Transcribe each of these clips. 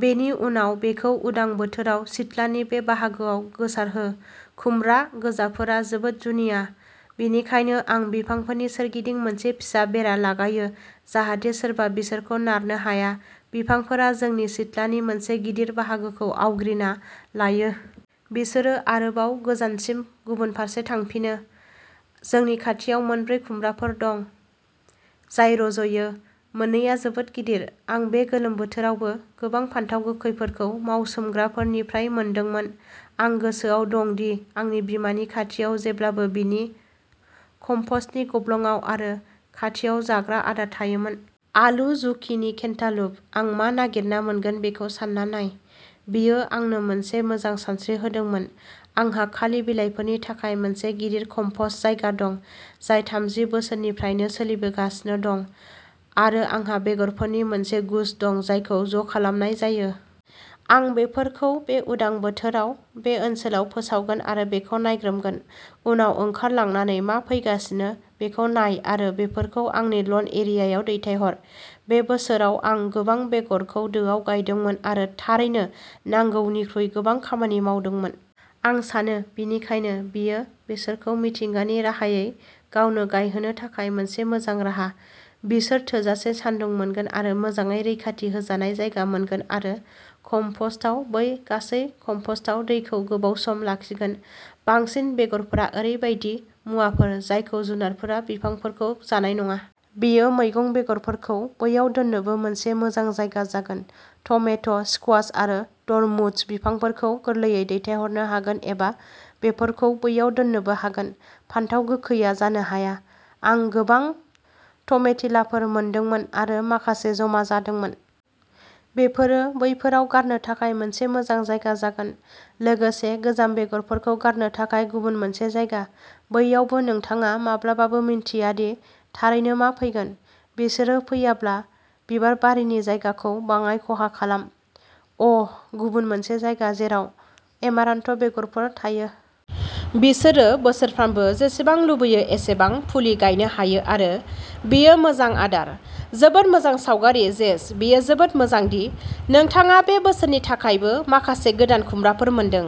बेनि उनाव बेखौ उदां बोथोराव सिथ्लानि बे बाहागोआव गोसारहो। खुमब्रा गाजाफोरा जोबोद जुनिया। बेनिखायनो आं बिफांफोरनि सोरगिदिं मोनसे फिसा बेरा लागायो जाहाथे सोरबा बिसोरखौ नारनो हाया। बिफांफोरा जोंनि सिथ्लानि मोनसे गिदिर बाहागोखौ आवग्रिना लायो। बिसोरो आरोबाव गोजानसिम गुबुन फारसे थांफिनो। जोंनि खाथियाव मोन ब्रै खुमब्राफोर दं जाय रज'यो। मोननैआ जोबोद गिदिर। आं बे गोलोम बोथोरावबो गोबां फानथाव गोखैफोरखौ मावसोमग्राफोरनिफ्राय मोनदोंमोन। आं गोसोआव दं दि आंनि बिमानि खाथियाव जेब्लाबो बिनि कमपस्टनि गब्लंआव आरो खाथियाव जाग्रा आदार थायोमोन। आलु, जुकिनि, केन्टालुप। आं मा नागिरना मोनगोन बेखौ सानना नाय। बेयो आंनो मोनसे मोजां सानस्रि होदोंमोन। आंहा खालि बिलाइफोरनि थाखाय मोनसे गिदिर कमपस्ट जायगा दं। जाय थामजि बोसोरसोनिफ्रायनो सोलिबोगासिनो दं। आरो आंहा बेगरफोरनि मोनसे गुच्च दं जायखौ ज'खालामनाय जायो। आं बेफोरखौ बे उदां बोथोराव बे ओनसोलाव फोसावगोन आरो बेखौ नायग्रोमगोन। उनाव ओंखारलांनानै मा फैगासिनो बेखौ नाय आरो बेफोरखौ आंनि लन एरियायाव दैथायहर। बे बोसोराव आं गोबां बेगरखौ दोआव गायदोंमोन आरो थारैनो नांगौनिख्रुइ गोबां खामानि मावदोंमोन। आं सानो बेनिखायनो बेयो बिसोरखौ मिथिंगानि राहायै गावनो गायहोनो थाखाय मोनसे मोजां राहा। बिसोर थोजासे सान्दुं मोनगोन आरो मोजाङै रैखाथि होजानाय जायगा मोनगोन आरो कमपस्टआ बै गासै कमपस्टआव दैखौ गोबाव सम लाखिगोन। बांसिन बेगरफोरा ओरैबायदि मुवाफोर जायखौ जुनारफोरा बिफांफोरखौ जानाय नङा। बेयो मैगं बेगरफोरखौ बैयाव दोननोबो मोनसे मोजां जायगा जागोन। टमेट', स्क्वाश आरो तरमुज बिफांफोरखौ गोरलैयै दैथायहरनो हागोन एबा बेफोरखौ बैयाव दोननोबो हागोन। फानथाव गोखैआ जानो हाया। आं गोबां टमेटिलाफोर मोनदोंमोन। आरो माखासेआ जमा जादोंमोन। बेफोरो बैफोराव गारनो थाखाय मोनसे मोजां जायगा जागोन। लोगोसे गोजाम बेगरफोरखौ गारनो थाखाय गुबुन मोनसे जायगा। बैयावबो नोंथाङा माब्लाबाबो मिनथिया दि थारैनो मा फैगोन। बिसोर फैयाब्ला बिबारबारिनि जायगाखौ बाङाइ खहा खालाम। अ'ह गुबुन मोनसे जायगा जेराव एमारान्थ बेगरफोर थायो। बिसोर बोसोरफ्रोमबो जेसेबां लुबैयो एसेबां फुलि गायनो हायो आरो बेयो मोजां आदार। जोबोद मोजां सावगारि जेस बेयो जोबोद मोजां दि नोंथाङा बे बोसोरनि थाखायबो माखासे गोदान खुमब्राफोर मोनदों।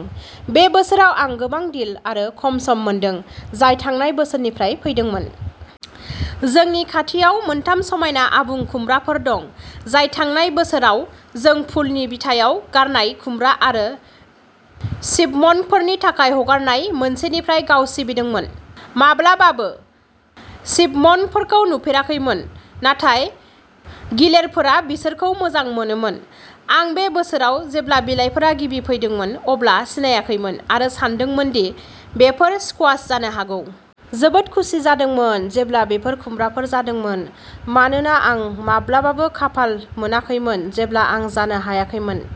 बे बोसोराव आं गोबां डिल आरो कसमस मोनदों जाय थांनाय बोसोरनिफ्राय फैदोंमोन। जोंनि खाथियाव मोनथाम समायना आबुं खुमब्राफोर दं जाय थांनाय बोसोराव जों फुलनि बिथायाव गारनाय खुमब्रा आरो चिपमन्कफोरनि थाखाय हगारनाय मोनसेनिफ्राय गाव सिबिदोंमोन। माब्लाबाबो चिपमन्कफोरखौ नुफेराखैमोन नाथाय गिलेरफोरा बिसोरखौ मोजां मोनोमोन। आं बे बोसोराव जेब्ला बिलाइफोरा गिबि फैदोंमोन अब्ला सिनायाखैमोन आरो सानदोंमोन दि बेफोर स्कुवाश जानो हागौ। जोबोद खुसि जादोंमोन जेब्ला बेफोर खुमब्राफोर जादोंमोन। मानोना आं माब्लाबाबो खाफाल मोनाखैमोन जेब्ला आं जानो हायाखैमोन।